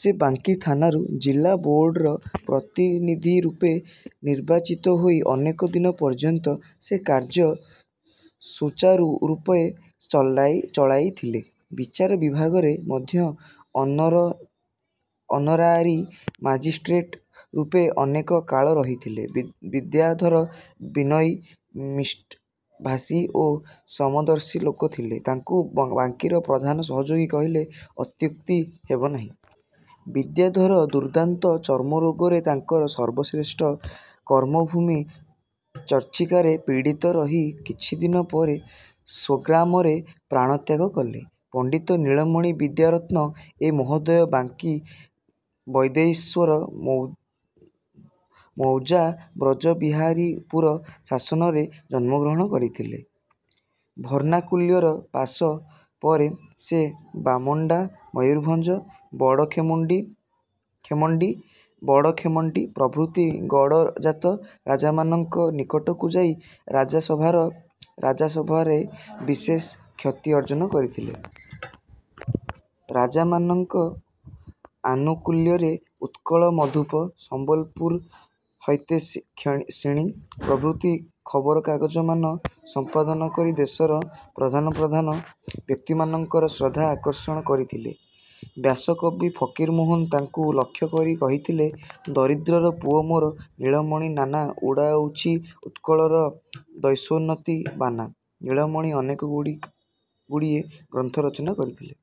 ସେ ବାଙ୍କୀ ଥାନାରୁ ଜିଲାବୋର୍ଡ଼ର ପ୍ରତିନିଧିରୂପେ ନିର୍ବାଚିତ ହୋଇ ଅନେକ ଦିନ ପର୍ଯ୍ୟନ୍ତ ସେ କାର୍ଯ୍ୟ ସୂଚାରୁରୂପେ ଚଳାଇଥିଲେ। ବିଚାର ବିଭାଗରେ ମଧ୍ୟ ଅନରାରୀ ମାଜିଷ୍ଟ୍ରେଟରୂପେ ଅନେକ କାଳ ରହିଥିଲେ। ବିଦ୍ୟାଧର ବିନୟୀ, ମିଷ୍ଟଭାଷୀ ଓ ସମଦର୍ଶୀ ଲୋକ ଥିଲେ। ତାଙ୍କୁ ବାଙ୍କୀର ପ୍ରଧାନ ସହଯୋଗୀ କହିଲେ ଅତ୍ୟୁକ୍ତି ହେବ ନାହିଁ। ବିଦ୍ୟାଧର ଦୁର୍ଦାନ୍ତ ଚର୍ମରୋଗରେ ତାଙ୍କର ସର୍ବଶ୍ରେଷ୍ଠ କର୍ମଭୂମି ଚର୍ଚ୍ଚିକାରେ ପୀଡ଼ିତ ରହି କିଛିଦିନ ପରେ ସ୍ଵଗ୍ରାମରେ ପ୍ରାଣତ୍ୟାଗ କଲେ। ପଣ୍ଡିତ ନୀଳମଣି ବିଦ୍ୟାରତ୍ନ ଏ ମହୋଦୟ ବାଙ୍କୀ ବୈଦ୍ୟେଶ୍ଵର ମୌଜା ବ୍ରଜବିହାରୀପୁର ଶାସନରେ ଜନ୍ମଗ୍ରହଣ କରିଥିଲେ। ଭର୍ଣ୍ଣାକ୍ୟୁଲର ପାଶ୍ ପରେ ସେ ବାମଣ୍ଡା, ମୟୂରଭଞ୍ଜ, ବଡ଼ଖେମଣ୍ଡି ପ୍ରଭୃତି ଗଡ଼ଜାତ ରାଜାମାନଙ୍କ ନିକଟକୁ ଯାଇ ରାଜାସଭାରେ ବିଶେଷ ଖ୍ୟାତି ଅର୍ଜନ କରିଥିଲେ। ରାଜାମାନଙ୍କ ଆନୁକୁଲ୍ୟରେ "ଉତ୍କଳ−ମଧୁପ", "ସମ୍ବଲପୁର−ହିତୈଷିଣୀ'' ପ୍ରଭୃତି ଖବରକାଗଜମାନ ସଂପାଦନ କରି ଦେଶର ପ୍ରଧାନ ପ୍ରଧାନ ବ୍ୟକ୍ତିମାନଙ୍କର ଶ୍ରଦ୍ଧା ଆକର୍ଷଣ କରିଥିଲେ। ବ୍ୟାସକବି ଫକୀରମୋହନ ତାଙ୍କୁ ଲକ୍ଷ୍ୟ କରି କହିଥିଲେ- "ଦରିଦ୍ରର ପୁଅ ମୋର ନୀଳମଣି ନାନା ଉଡ଼ାଉଛି ଉତ୍କଳରେ ଦେଶୋନ୍ନତି ବାନା। '' ନୀଳମଣି ଅନେକଗୁଡ଼ିଏ ଗ୍ରନ୍ଥ ରଚନା କରିଥିଲେ।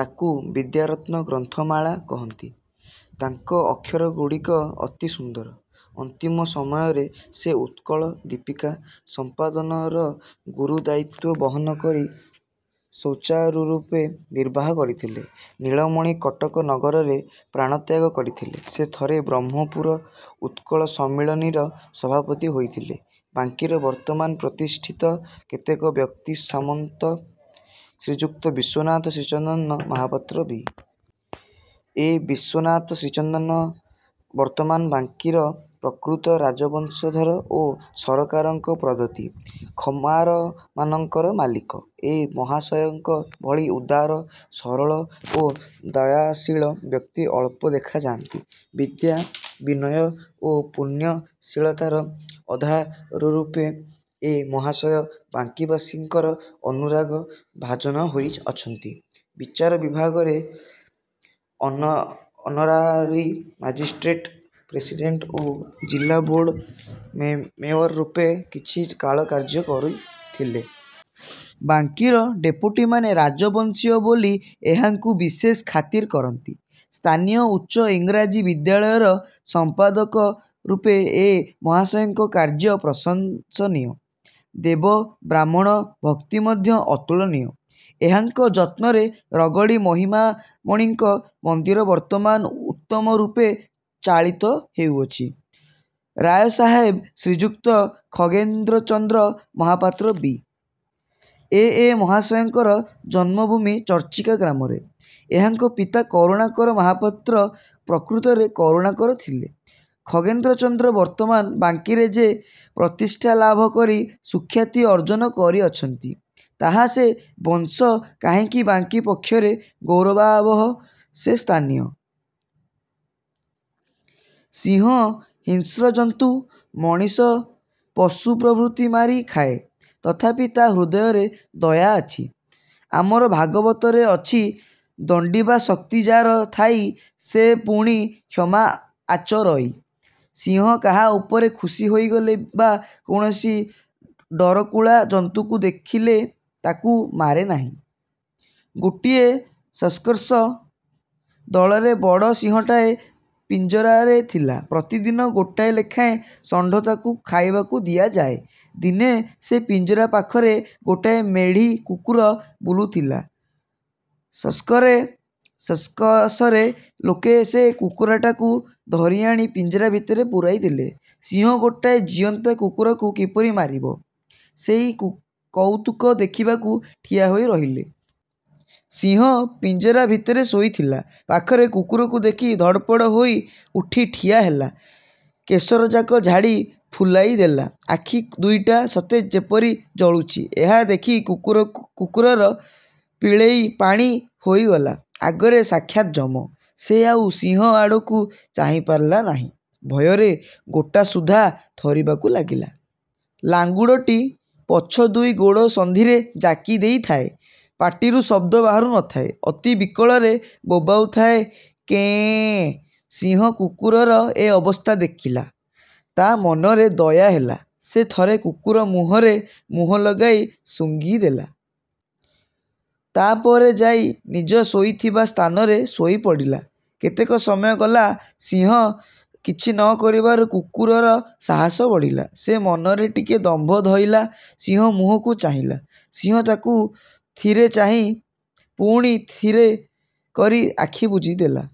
ତାକୁ "ବିଦ୍ୟାରତ୍ନ−ଗ୍ରନ୍ଥମାଳା'' କହନ୍ତି। ତାଙ୍କ ଅକ୍ଷରଗୁଡ଼ିକ ଅତି ସୁନ୍ଦର। ଅନ୍ତିମ ସମୟରେ ସେ "ଉତ୍କଳ−ଦୀପିକା" ସଂପାଦନର ଗୁରୁ ଦାୟିତ୍ଵ ବହନ କରି ସୂଚାରୁରୂପେ ନିର୍ବାହ କରିଥିଲେ। ନୀଳମଣି କଟକ ନଗରରେ ପ୍ରାଣତ୍ୟାଗ କରିଥିଲେ। ସେ ଥରେ "ବ୍ରହ୍ମପୁର ଉତ୍କଳ−ସମ୍ମିଳନୀ''ର ସଭାପତି ହୋଇଥିଲେ। ବାଙ୍କୀର ବର୍ତ୍ତମାନ ପ୍ରତିଷ୍ଠିତ କେତେକ ବ୍ୟକ୍ତି- ସାମନ୍ତ ଶ୍ରୀଯୁକ୍ତ ବିଶ୍ଵନାଥ ଶ୍ରୀଚନ୍ଦନ ମହାପାତ୍ର ବି. ଏ. ବିଶ୍ଵନାଥ ଶ୍ରୀଚନ୍ଦନ ବର୍ତ୍ତମାନ ବାଙ୍କୀର ପ୍ରକୃତ ରାଜବଂଶଧର ଓ ସରକାରଙ୍କ ପ୍ରଦତ୍ତ ଖମାରମାନଙ୍କର ମାଲିକ। ଏ ମହାଶୟଙ୍କ ଭଳି ଉଦାର, ସରଳ ଓ ଦୟାଶୀଳ ବ୍ୟକ୍ତି ଅଳ୍ପ ଦେଖାଯାନ୍ତି। ବିଦ୍ୟା, ବିନୟ ଓ ପୁଣ୍ୟଶୀଳତାର ଆଧାରରୂପେ ଏ ମହାଶୟ ବାଙ୍କୀବାସୀଙ୍କର ଅନୁରାଗ−ଭାଜନ ହୋଇଅଛନ୍ତି। ବିଚାର ବିଭାଗରେ ଅନରାରୀ ମାଜିଷ୍ଟେଟ୍, ପ୍ରେସିଡ଼େଣ୍ଟ ଓ ଜିଲାବୋର୍ଡ଼ ମେମ୍ବରରୂପେ କିଛି କାଳ କାର୍ଯ୍ୟ କରିଥିଲେ। ବାଙ୍କୀର ଡିପୋଟିମାନେ ରାଜବଂଶୀୟ ବୋଲି ଏହାଙ୍କୁ ବିଶେଷ ଖାତିର କରନ୍ତି। ସ୍ଥାନୀୟ ଉଚ୍ଚ ଇଂରାଜୀ ବିଦ୍ୟାଳୟର ସମ୍ପାଦକରୂପେ ଏ ମହାଶୟଙ୍କ କାର୍ଯ୍ୟ ପ୍ରଶଂସନୀୟ। ଦେବ−ବ୍ରାହ୍ମଣ−ଭକ୍ତି ମଧ୍ୟ ଅତୁଳନୀୟ। ଏହାଙ୍କ ଯତ୍ନରେ ରଗଡ଼ି ମହିମାମଣିଙ୍କ ମନ୍ଦିର ବର୍ତ୍ତମାନ ଉତ୍ତମରୂପେ ଚାଳିତ ହେଉଅଛି। ରାୟସାହେବ ଶ୍ରୀଯୁକ୍ତ ଖଗେନ୍ଦ୍ରଚନ୍ଦ୍ର ମହାପାତ୍ର ବି. ଏ. ଏ ମହାଶୟଙ୍କର ଜନ୍ମଭୂମି ଚର୍ଚ୍ଚିକା ଗ୍ରାମରେ। ଏହାଙ୍କ ପିତା କରୁଣାକର ମହାପାତ୍ର ପ୍ରକୃତରେ କରୁଣା କର ଥିଲେ। ଖଗେନ୍ଦ୍ରଚନ୍ଦ୍ର ବର୍ତ୍ତମାନ ବାଙ୍କୀରେ ଯେ ପ୍ରତିଷ୍ଠା ଲାଭ କରି ସୁଖ୍ୟାତି ଅର୍ଜନ କରିଅଛନ୍ତି, ତାହା ସେ ବଂଶ କାହିଁକି ବାଙ୍କୀ ପକ୍ଷରେ ଗୌରବାବହ। ସେ ସ୍ଥାନୀୟ। ସିଂହ ହିଂସ୍ରଜନ୍ତୁ-ମଣିଷ, ପଶୁ ପ୍ରଭୃତି ମାରି ଖାଏ। ତଥାପି ତା' ହୃଦୟରେ ଦୟା ଅଛି। ଆମର ଭାଗବତରେ ଅଛି- ''ଦଣ୍ଡିବା ଶକ୍ତି ଯାର ଥାଇ, ସେ ପୁଣି କ୍ଷମା ଆଚରଇ। '' ସିଂହ କାହା ଉପରେ ଖୁସି ହୋଇଗଲେ ବା କୌଣସି ଡରକୁଳା ଜନ୍ତୁକୁ ଦେଖିଲେ, ତାକୁ ମାରେ ନାହିଁ। ଗୋଟିଏ ସର୍କସ ଦଳରେ ବଡ଼ ସିଂହଟାଏ ପିଞ୍ଜରାରେ ଥିଲା। ପ୍ରତିଦିନ ଗୋଟାଏ ଲେଖାଏଁ ଷଣ୍ଢ ତାକୁ ଖାଇବାକୁ ଦିଆଯାଏ। ଦିନେ ସେ ପିଞ୍ଜରାପାଖରେ ଗୋଟିଏ ମେଢ଼ୀ କୁକୁର ବୁଲୁଥିଲା। ସର୍କସର ଲୋକେ ସେ କୁକୁରଟାକୁ ଧରିଆଣି ପିଞ୍ଜରା ଭିତରେ ପୁରାଇଦେଲେ। ସିଂହ ଗୋଟାଏ ଜୀଅନ୍ତା କୁକୁରକୁ କିପରି ମାରିବ, ସେଇ କଉତୁକ ଦେଖିବାକୁ ଠିଆହୋଇ ରହିଲେ। ସିଂହ ପିଞ୍ଜରା ଭିତରେ ଶୋଇଥିଲା। ପାଖରେ କୁକୁରକୁ ଦେଖି ଧଡ଼ପଡ଼ ହୋଇ ଉଠି ଠିଆ ହେଲା। କେଶରଯାକ ଝାଡ଼ି ଫୁଲାଇଦେଲା। ଆଖି ଦୁଇଟା ସତେ ଯେପରି ଜଳୁଛି। ଏହା ଦେଖି କୁକୁରର ପିଳେଇ ପାଣି ହୋଇଗଲା। ଆଗରେ ସାକ୍ଷାତ ଯମ! ସେ ଆଉ ସିଂହ ଆଡ଼କୁ ଚାହିଁପାରିଲା ନାହିଁ, ଭୟରେ ଗୋଟାସୁଦ୍ଧା ଥରିବାକୁ ଲାଗିଲା। ଲାଙ୍ଗୁଡ଼ଟି ପଛ ଦୁଇ ଗୋଡ଼ ସନ୍ଧିରେ ଜାକି ଦେଇଥାଏ। ପାଟିରୁ ଶବ୍ଦ ବାହାରୁ ନ ଥାଏ। ଅତି ବିକଳରେ ବୋବାଉଥାଏ-କେଁ ଏଁ। ସିଂହ କୁକୁରର ଏ ଅବସ୍ଥା ଦେଖିଲା। ତା' ମନରେ ଦୟା ହେଲା। ସେ ଥରେ କୁକୁର ମୁହଁରେ ମୁହଁ ଲଗାଇ ଶୁଙ୍ଘି ଦେଲା। ତା'ପରେ ଯାଇ ନିଜ ଶୋଇବା ସ୍ଥାନରେ ଶୋଇପଡ଼ିଲା। କେତେକ ସମୟ ଗଲା; ସିଂହ କିଛି ନ କରିବାରୁ କୁକୁରର ସାହସ ବଢ଼ିଲା। ସେ ମନରେ ଟିକିଏ ଦମ୍ଭ ଧଇଲା; ସିଂହ ମୁଁହକୁ ଚାହିଁଲା। ସିଂହ ତାକୁ ଥରେ ଚାହିଁ ପୁଣି ଥିର୍ କରି ଆଖି ବୁଜିଦେଲା।